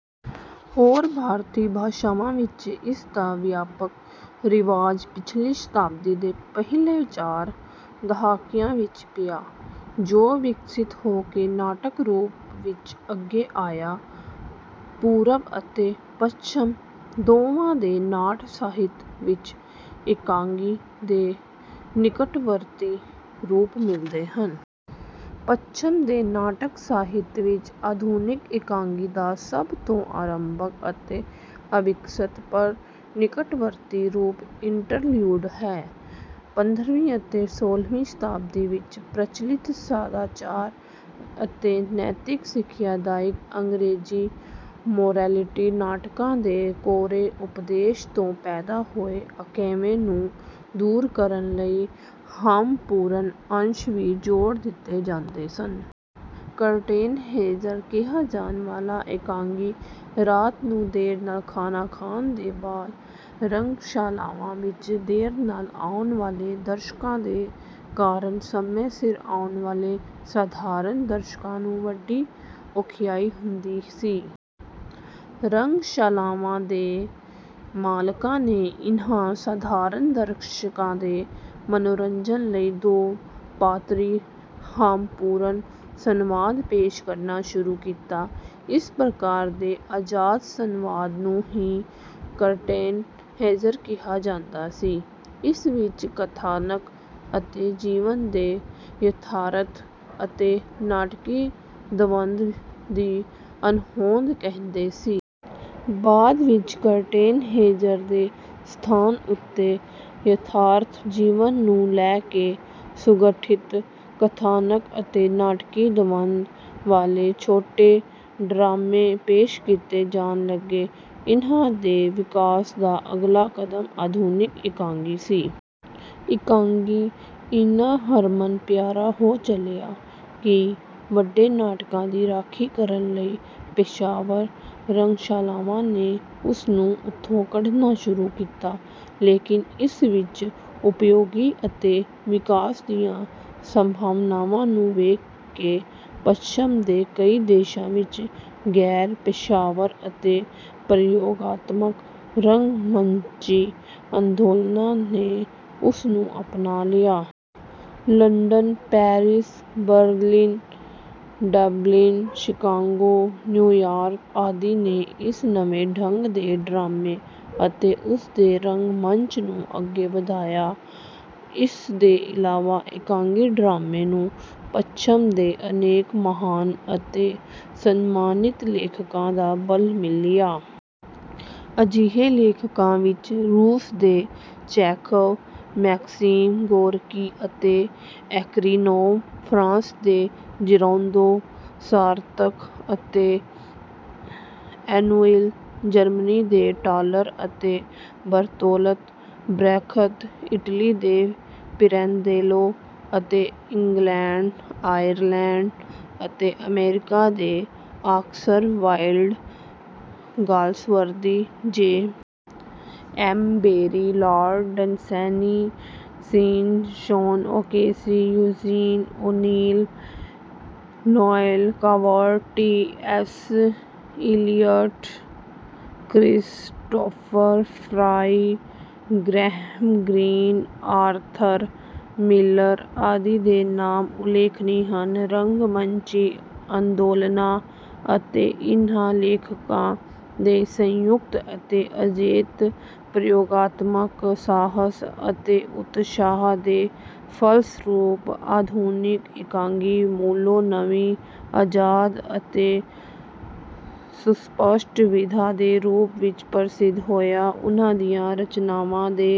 ਹੋਰ ਭਾਰਤੀ ਭਾਸ਼ਾਵਾਂ ਵਿੱਚ ਇਸ ਦਾ ਵਿਆਪਕ ਰਿਵਾਜ ਪਿਛਲੀ ਸ਼ਤਾਬਦੀ ਦੇ ਪਹਿਲੇ ਚਾਰ ਦਹਾਕਿਆਂ ਵਿੱਚ ਪਿਆ, ਜੋ ਵਿਕਸਿਤ ਹੋ ਕੇ ਨਾਟਕ ਰੂਪ ਵਿੱਚ ਅੱਗੇ ਆਇਆ। ਪੂਰਬ ਅਤੇ ਪੱਛਮ ਦੋਵਾਂ ਦੇ ਨਾਟ ਸਾਹਿਤ ਵਿੱਚ ਇਕਾਂਗੀ ਦੇ ਨਿਕਟਵਰਤੀ ਰੂਪ ਮਿਲਦੇ ਹਨ। ਪੱਛਮ ਦੇ ਨਾਟਕ ਸਾਹਿਤ ਵਿੱਚ ਆਧੁਨਿਕ ਇਕਾਂਗੀ ਦਾ ਸਭ ਤੋਂ ਅਰੰਭਕ ਅਤੇ ਅਵਿਕਸਤ ਪਰ ਨਿਕਟਵਰਤੀ ਰੂਪ ਇੰਟਰਲਿਊਡ ਹੈ। ਪੰਦਰਵੀਂ ਅਤੇ ਸੋਲ੍ਹਵੀਂ ਸ਼ਤਾਬਦੀ ਵਿੱਚ ਪ੍ਰਚਲਿਤ ਸਦਾਚਾਰ ਅਤੇ ਨੈਤਿਕ ਸਿੱਖਿਆ ਦਾਇਕ ਅੰਗਰੇਜ਼ੀ ਮੋਰੈਲਿਟੀ ਨਾਟਕਾਂ ਦੇ ਕੋਰੇ ਉਪਦੇਸ਼ ਤੋਂ ਪੈਦਾ ਹੋਏ ਅਕੇਵੇਂ ਨੂੰ ਦੂਰ ਕਰਨ ਲਈ ਹਾਸਪੂਰਨ ਅੰਸ਼ ਵੀ ਜੋੜ ਦਿੱਤੇ ਜਾਂਦੇ ਸਨ। ਕਰਟੇਨ ਰੇਜ਼ਰ ਕਿਹਾ ਜਾਣ ਵਾਲਾ ਇਕਾਂਗੀ ਰਾਤ ਨੂੰ ਦੇਰ ਨਾਲ ਖਾਣਾ ਖਾਣ ਦੇ ਬਾਅਦ ਰੰਗਸ਼ਾਲਾਵਾਂ ਵਿੱਚ ਦੇਰ ਨਾਲ ਆਉਣ ਵਾਲੇ ਦਰਸ਼ਕਾਂ ਦੇ ਕਾਰਨ ਸਮੇਂ ਸਿਰ ਆਉਣ ਵਾਲੇ ਸਧਾਰਨ ਦਰਸ਼ਕਾਂ ਨੂੰ ਵੱਡੀ ਔਖਿਆਈ ਹੁੰਦੀ ਸੀ। ਰੰਗਸ਼ਾਲਾਵਾਂ ਦੇ ਮਾਲਕਾਂ ਨੇ ਇਨ੍ਹਾਂ ਸਧਾਰਨ ਦਰਸ਼ਕਾਂ ਦੇ ਮਨੋਰੰਜਨ ਲਈ ਦੋ ਪਾਤਰੀ ਹਾਸਪੂਰਨ ਸੰਵਾਦ ਪੇਸ਼ ਕਰਨਾ ਸ਼ੁਰੂ ਕੀਤਾ। ਇਸ ਪ੍ਰਕਾਰ ਦੇ ਆਜ਼ਾਦ ਸੰਵਾਦ ਨੂੰ ਹੀ ਕਰਟੇਨ ਰੇਜ਼ਰ ਕਿਹਾ ਜਾਂਦਾ ਸੀ। ਇਸ ਵਿੱਚ ਕਥਾਨਕ ਅਤੇ ਜੀਵਨ ਦੇ ਯਥਾਰਥ ਅਤੇ ਨਾਟਕੀ ਦਵੰਦ ਦੀ ਅਣਹੋਂਦ ਰਹਿੰਦੀ ਸੀ। ਬਾਅਦ ਵਿੱਚ ਕਰਟੇਨ ਰੇਜ਼ਰ ਦੇ ਸਥਾਨ ਉੱਤੇ ਯਥਾਰਥ ਜੀਵਨ ਨੂੰ ਲੈ ਕੇ ਸੁਗਠਿਤ ਕਥਾਨਕ ਅਤੇ ਨਾਟਕੀ ਦਵੰਦ ਵਾਲੇ ਛੋਟੇ ਡਰਾਮੇ ਪੇਸ਼ ਕੀਤੇ ਜਾਣ ਲੱਗੇ। ਇਨ੍ਹਾਂ ਦੇ ਵਿਕਾਸ ਦਾ ਅਗਲਾ ਕਦਮ ਆਧੁਨਿਕ ਇਕਾਂਗੀ ਸੀ। ਇਕਾਂਗੀ ਇੰਨਾ ਹਰਮਨ ਪਿਆਰਾ ਹੋ ਚਲਿਆ ਕਿ ਵੱਡੇ ਨਾਟਕਾਂ ਦੀ ਰਾਖੀ ਕਰਨ ਲਈ ਪੇਸ਼ਾਵਰ ਰੰਗਸ਼ਾਲਾਵਾਂ ਨੇ ਉਸ ਨੂੰ ਉੱਥੋਂ ਕੱਢਣਾ ਸ਼ੁਰੂ ਕੀਤਾ। ਲੇਕਿਨ ਇਸ ਵਿੱਚ ਉਪਯੋਗੀ ਅਤੇ ਵਿਕਾਸ ਦੀਆਂ ਸੰਭਾਵਨਾਵਾਂ ਨੂੰ ਵੇਖ ਕੇ ਪੱਛਮ ਦੇ ਕਈ ਦੇਸ਼ਾਂ ਵਿੱਚ ਗੈਰ ਪੇਸ਼ਾਵਰ ਅਤੇ ਪ੍ਰਯੋਗਾਤਮਕ ਰੰਗ ਮੰਚੀ ਅੰਦੋਲਨਾਂ ਨੇ ਉਸ ਨੂੰ ਅਪਣਾ ਲਿਆ। London, Paris, Berlin, Dublin, Chicago, New York ਆਦਿ ਨੇ ਇਸ ਨਵੇਂ ਢੰਗ ਦੇ ਡਰਾਮੇ ਅਤੇ ਉਸ ਦੇ ਰੰਗ ਮੰਚ ਨੂੰ ਅੱਗੇ ਵਧਾਇਆ। ਇਸ ਦੇ ਇਲਾਵਾ ਇਕਾਂਗੀ ਡਰਾਮੇ ਨੂੰ ਪੱਛਮ ਦੇ ਅਨੇਕ ਮਹਾਨ ਅਤੇ ਸਨਮਾਨਿਤ ਲੇਖਕਾਂ ਦਾ ਬਲ ਮਿਲਿਆ। ਅਜਿਹੇ ਲੇਖਕਾਂ ਵਿੱਚ ਰੂਸ ਦੇ ਚੈਖਵ, ਮੈਕਸਿਮ ਗੋਰਕੀ ਅਤੇ ਏਕਰੀਨੋਵ, ਫਰਾਂਸ ਦੇ ਜਿਰਾਉਦੋ, ਸਾਰਤਰ ਅਤੇ ਐਨੁਇਲ, ਜਰਮਨੀ ਦੇ ਟਾਲਰ ਅਤੇ ਬਰਤੋਲਤ ਬ੍ਰੈਖਤ, ਇਟਲੀ ਦੇ ਪਿਰੈਂਦੇਲੋ ਅਤੇ ਇੰਗਲੈਂਡ, ਆਇਰਲੈਂਡ ਅਤੇ ਅਮਰੀਕਾ ਦੇ Oscar Wilde, Galsworthy, J. M. Barrie, Lord Dunsany, Synge, Sean O'Casey, Eugene O'Neill, Noel Coward, T. S. Eliot, Christopher Fry, Graham Greene, Arthur Miller ਆਦਿ ਦੇ ਨਾਮ ਉਲੇਖਣੀ ਹਨ। ਰੰਗ ਮੰਚੀ ਅੰਦੋਲਨਾਂ ਅਤੇ ਇਨ੍ਹਾਂ ਲੇਖਕਾਂ ਦੇ ਸੰਯੁਕਤ ਅਤੇ ਅਜੇਤ ਪ੍ਰਯੋਗਾਤਮਕ ਸਾਹਸ ਅਤੇ ਉਤਸ਼ਾਹ ਦੇ ਫਲਸਰੂਪ ਆਧੁਨਿਕ ਇਕਾਂਗੀ ਮੂਲੋਂ ਨਵੀਂ, ਆਜ਼ਾਦ ਅਤੇ ਸੁਸਪਸ਼ਟ ਵਿਧਾ ਦੇ ਰੂਪ ਵਿੱਚ ਪ੍ਰਸਿੱਧ ਹੋਇਆ। ਉਨ੍ਹਾਂ ਦੀਆਂ ਰਚਨਾਵਾਂ ਦੇ